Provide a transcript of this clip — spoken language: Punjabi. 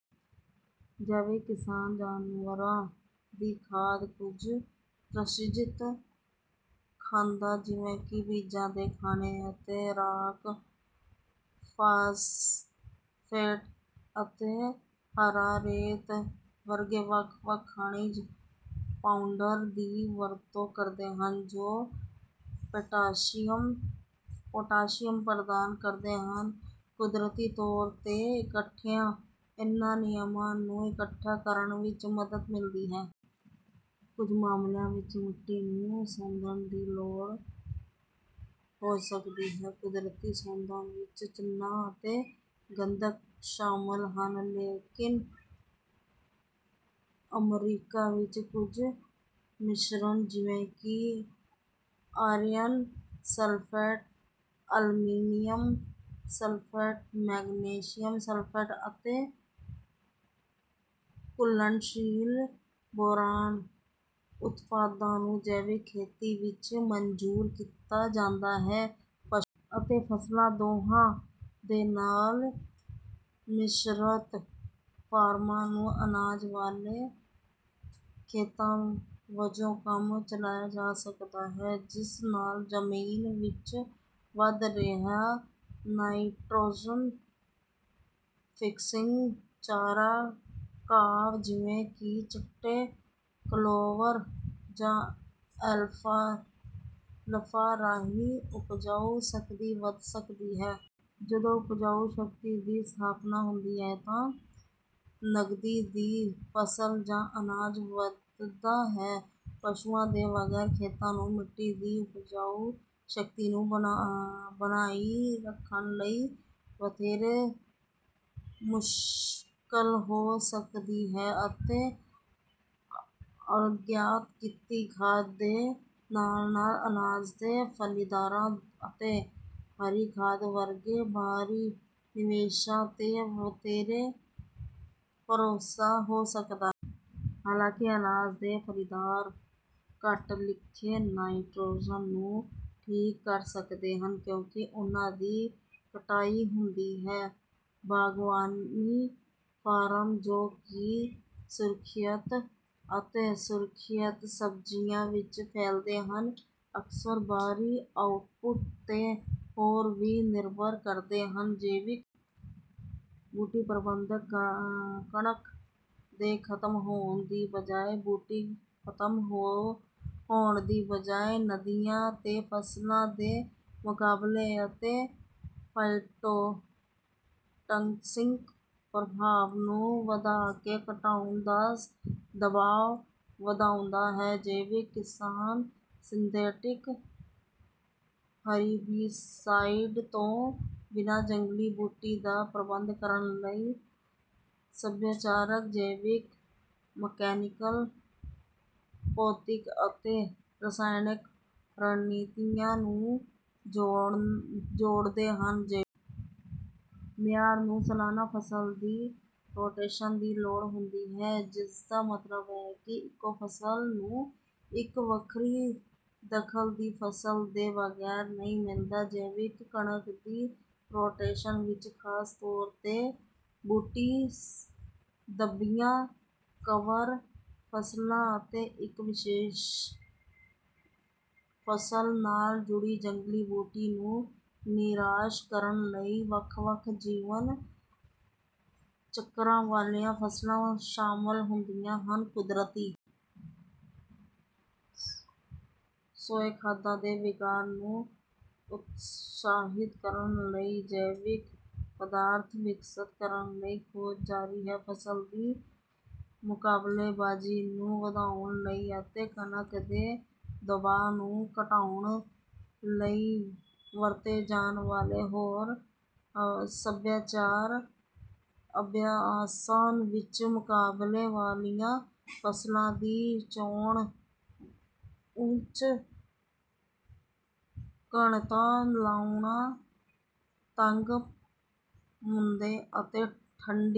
ਜੈਵਿਕ ਕਿਸਾਨ ਜਾਨਵਰਾਂ ਦੀ ਖਾਦ, ਕੁਝ ਪ੍ਰਾਸਜਿਤ ਖਾਦਾਂ, ਜਿਵੇਂ ਕਿ ਬੀਜਾਂ ਦੇ ਖਾਣੇ ਅਤੇ ਰਾਕ ਫਾਸਫੇਟ, ਅਤੇ ਹਰਾ ਰੇਤ ਵਰਗੇ ਵੱਖ-ਵੱਖ ਖਣਿਜ ਪਾਊਂਡਰ ਦੀ ਵਰਤੋਂ ਕਰਦੇ ਹਨ, ਜੋ ਪੋਟਾਸ਼ੀਅਮ ਪ੍ਰਦਾਨ ਕਰਦੇ ਹਨ। ਕੁਦਰਤੀ ਤੌਰ 'ਤੇ ਇਕੱਠਿਆਂ, ਇਨ੍ਹਾਂ ਨਿਯਮਾਂ ਨੂੰ ਇਕੱਠਾ ਕਰਨ ਵਿੱਚ ਮਦਦ ਮਿਲਦੀ ਹੈ। ਕੁਝ ਮਾਮਲਿਆਂ ਵਿੱਚ ਮਿੱਟੀ ਨੂੰ ਸੋਧਣ ਦੀ ਲੋੜ ਹੋ ਸਕਦੀ ਹੈ। ਕੁਦਰਤੀ ਸੋਧਾਂ ਵਿੱਚ ਚੂਨਾ ਅਤੇ ਗੰਧਕ ਸ਼ਾਮਲ ਹਨ, ਲੇਕਿਨ ਅਮਰੀਕਾ ਵਿੱਚ ਕੁਝ ਮਿਸ਼ਰਣ, ਜਿਵੇਂ ਕਿ iron sulphate, aluminium sulphate, magnesium sulphate ਅਤੇ ਘੁਲਣਸ਼ੀਲ ਬੋਰਾਨ ਉਤਪਾਦਾਂ ਨੂੰ ਜੈਵਿਕ ਖੇਤੀ ਵਿੱਚ ਮਨਜ਼ੂਰ ਕੀਤਾ ਜਾਂਦਾ ਹੈ। ਪਸ਼ੂਆਂ ਅਤੇ ਫ਼ਸਲਾਂ ਦੋਹਾਂ ਦੇ ਨਾਲ ਮਿਸ਼ਰਤ ਫਾਰਮਾਂ ਨੂੰ ਅਨਾਜ ਵਾਲੇ ਖੇਤਾਂ ਵਜੋਂ ਕੰਮ ਚਲਾਇਆ ਜਾ ਸਕਦਾ ਹੈ, ਜਿਸ ਨਾਲ ਜ਼ਮੀਨ ਵਿੱਚ ਵਧ ਰਹੀਆਂ ਨਾਈਟ੍ਰੋਜਨ-ਫਿਕਸਿੰਗ ਚਾਰਾ ਘਾਹਾਂ, ਜਿਵੇਂ ਕਿ ਚਿੱਟੇ ਕਲੋਵਰ ਜਾਂ ਐਲਫਾਲਫਾ, ਰਾਹੀਂ ਉਪਜਾਊ ਸ਼ਕਤੀ ਵਧ ਸਕਦੀ ਹੈ। ਜਦੋਂ ਉਪਜਾਊ ਸ਼ਕਤੀ ਦੀ ਸਥਾਪਨਾ ਹੁੰਦੀ ਹੈ, ਤਾਂ ਨਕਦੀ ਦੀ ਫ਼ਸਲ ਜਾਂ ਅਨਾਜ ਵਧਦਾ ਹੈ। ਪਸ਼ੂਆਂ ਦੇ ਬਗੈਰ ਖੇਤਾਂ ਨੂੰ ਮਿੱਟੀ ਦੀ ਉਪਜਾਊ ਸ਼ਕਤੀ ਨੂੰ ਬਣਾਈ ਰੱਖਣ ਲਈ ਵਧੇਰੇ ਮੁਸ਼ਕਲ ਹੋ ਸਕਦੀ ਹੈ ਅਤੇ ਆਯਾਤ ਕੀਤੀ ਖਾਦ ਦੇ ਨਾਲ-ਨਾਲ ਅਨਾਜ ਦੇ ਫਲ਼ੀਦਾਰਾਂ ਅਤੇ ਹਰੀ ਖਾਦ ਵਰਗੇ ਬਾਹਰੀ ਨਿਵੇਸ਼ਾਂ 'ਤੇ ਵਧੇਰੇ ਭਰੋਸਾ ਹੋ ਸਕਦਾ ਹੈ। ਹਾਲਾਂਕਿ, ਅਨਾਜ ਦੇ ਫਲ਼ੀਦਾਰ ਘੱਟ ਲਿਖੇ ਨਾਈਟ੍ਰੋਜਨ ਨੂੰ ਠੀਕ ਕਰ ਸਕਦੇ ਹਨ, ਕਿਉਂਕਿ ਉਹਨਾਂ ਦੀ ਕਟਾਈ ਹੁੰਦੀ ਹੈ। ਬਾਗਬਾਨੀ ਫਾਰਮ, ਜੋ ਕਿ ਸੁਰੱਖਿਅਤ ਅਤੇ ਸੁਰੱਖਿਅਤ ਸਬਜ਼ੀਆਂ ਵਿੱਚ ਫੈਲਦੇ ਹਨ, ਅਕਸਰ ਬਾਹਰੀ ਆਉਟਪੁੱਟ 'ਤੇ ਹੋਰ ਵੀ ਨਿਰਭਰ ਕਰਦੇ ਹਨ। ਜੈਵਿਕ ਬੂਟੀ ਪ੍ਰਬੰਧਨ ਕਣਕ ਦੇ ਖਤਮ ਹੋਣ ਦੀ ਬਜਾਏ, ਬੂਟੀ ਖਤਮ ਹੋਣ ਦੀ ਬਜਾਏ, ਨਦੀਣਾਂ ਤੇ ਫ਼ਸਲਾਂ ਦੇ ਮੁਕਾਬਲੇ ਅਤੇ ਫ਼ਾਇਟੋਟੌਕਸਿਕ ਪ੍ਰਭਾਵ ਨੂੰ ਵਧਾ ਕੇ ਘਟਾਉਣ ਦਾ ਦਬਾਅ ਵਧਾਉਂਦਾ ਹੈ। ਜੈਵਿਕ ਕਿਸਾਨ ਸਿੰਥੈਟਿਕ ਹਰੀਬੀਸਾਈਡ ਤੋਂ ਬਿਨਾਂ ਜੰਗਲੀ ਬੂਟੀ ਦਾ ਪ੍ਰਬੰਧ ਕਰਨ ਲਈ ਸੱਭਿਆਚਾਰਕ, ਜੈਵਿਕ, ਮਕੈਨੀਕਲ, ਭੌਤਿਕ ਅਤੇ ਰਸਾਇਣਕ ਰਣਨੀਤੀਆਂ ਨੂੰ ਜੋੜਦੇ ਹਨ। ਜੈਵਿਕ ਮਿਆਰ ਨੂੰ ਸਾਲਾਨਾ ਫ਼ਸਲ ਦੀ ਰੋਟੇਸ਼ਨ ਦੀ ਲੋੜ ਹੁੰਦੀ ਹੈ, ਜਿਸਦਾ ਮਤਲਬ ਹੈ ਕਿ ਇੱਕੋ ਫ਼ਸਲ ਨੂੰ ਇੱਕ ਵੱਖਰੀ, ਦਖ਼ਲ ਦੀ ਫ਼ਸਲ ਦੇ ਬਗੈਰ ਨਹੀਂ ਮਿਲਦਾ। ਜੈਵਿਕ ਕਣਕ ਦੀ ਰੋਟੇਸ਼ਨ ਵਿੱਚ ਖ਼ਾਸ ਤੌਰ 'ਤੇ ਬੂਟੀ-ਦੱਬੀਆਂ ਕਵਰ ਫ਼ਸਲਾਂ ਅਤੇ ਇੱਕ ਵਿਸ਼ੇਸ਼ ਫ਼ਸਲ ਨਾਲ ਜੁੜੀ ਜੰਗਲੀ ਬੂਟੀ ਨੂੰ ਨਿਰਾਸ਼ ਕਰਨ ਲਈ ਵੱਖ-ਵੱਖ ਜੀਵਨ ਚੱਕਰਾਂ ਵਾਲੀਆਂ ਫ਼ਸਲਾਂ ਸ਼ਾਮਲ ਹੁੰਦੀਆਂ ਹਨ। ਕੁਦਰਤੀ ਸੂਏ ਖਾਦਾਂ ਦੇ ਵਿਕਾਸ ਨੂੰ ਉਤਸ਼ਾਹਿਤ ਕਰਨ ਲਈ ਜੈਵਿਕ ਪਦਾਰਥ ਵਿਕਸਤ ਕਰਨ ਲਈ ਖੋਜ ਜਾਰੀ ਹੈ। ਫ਼ਸਲ ਦੀ ਮੁਕਾਬਲੇਬਾਜ਼ੀ ਨੂੰ ਵਧਾਉਣ ਲਈ ਅਤੇ ਕਣਕ ਦੇ ਦਬਾਅ ਨੂੰ ਘਟਾਉਣ ਲਈ ਵਰਤੇ ਜਾਣ ਵਾਲੇ ਹੋਰ ਸੱਭਿਆਚਾਰਕ ਅਭਿਆਸਾਂ ਵਿੱਚ ਮੁਕਾਬਲੇ ਵਾਲੀਆਂ ਫ਼ਸਲਾਂ ਦੀ ਚੋਣ, ਉੱਚ ਘਣਤਾ ਲਾਉਣਾ, ਤੰਗ ਪੌਦੇ ਅਤੇ ਠੰਢੀ...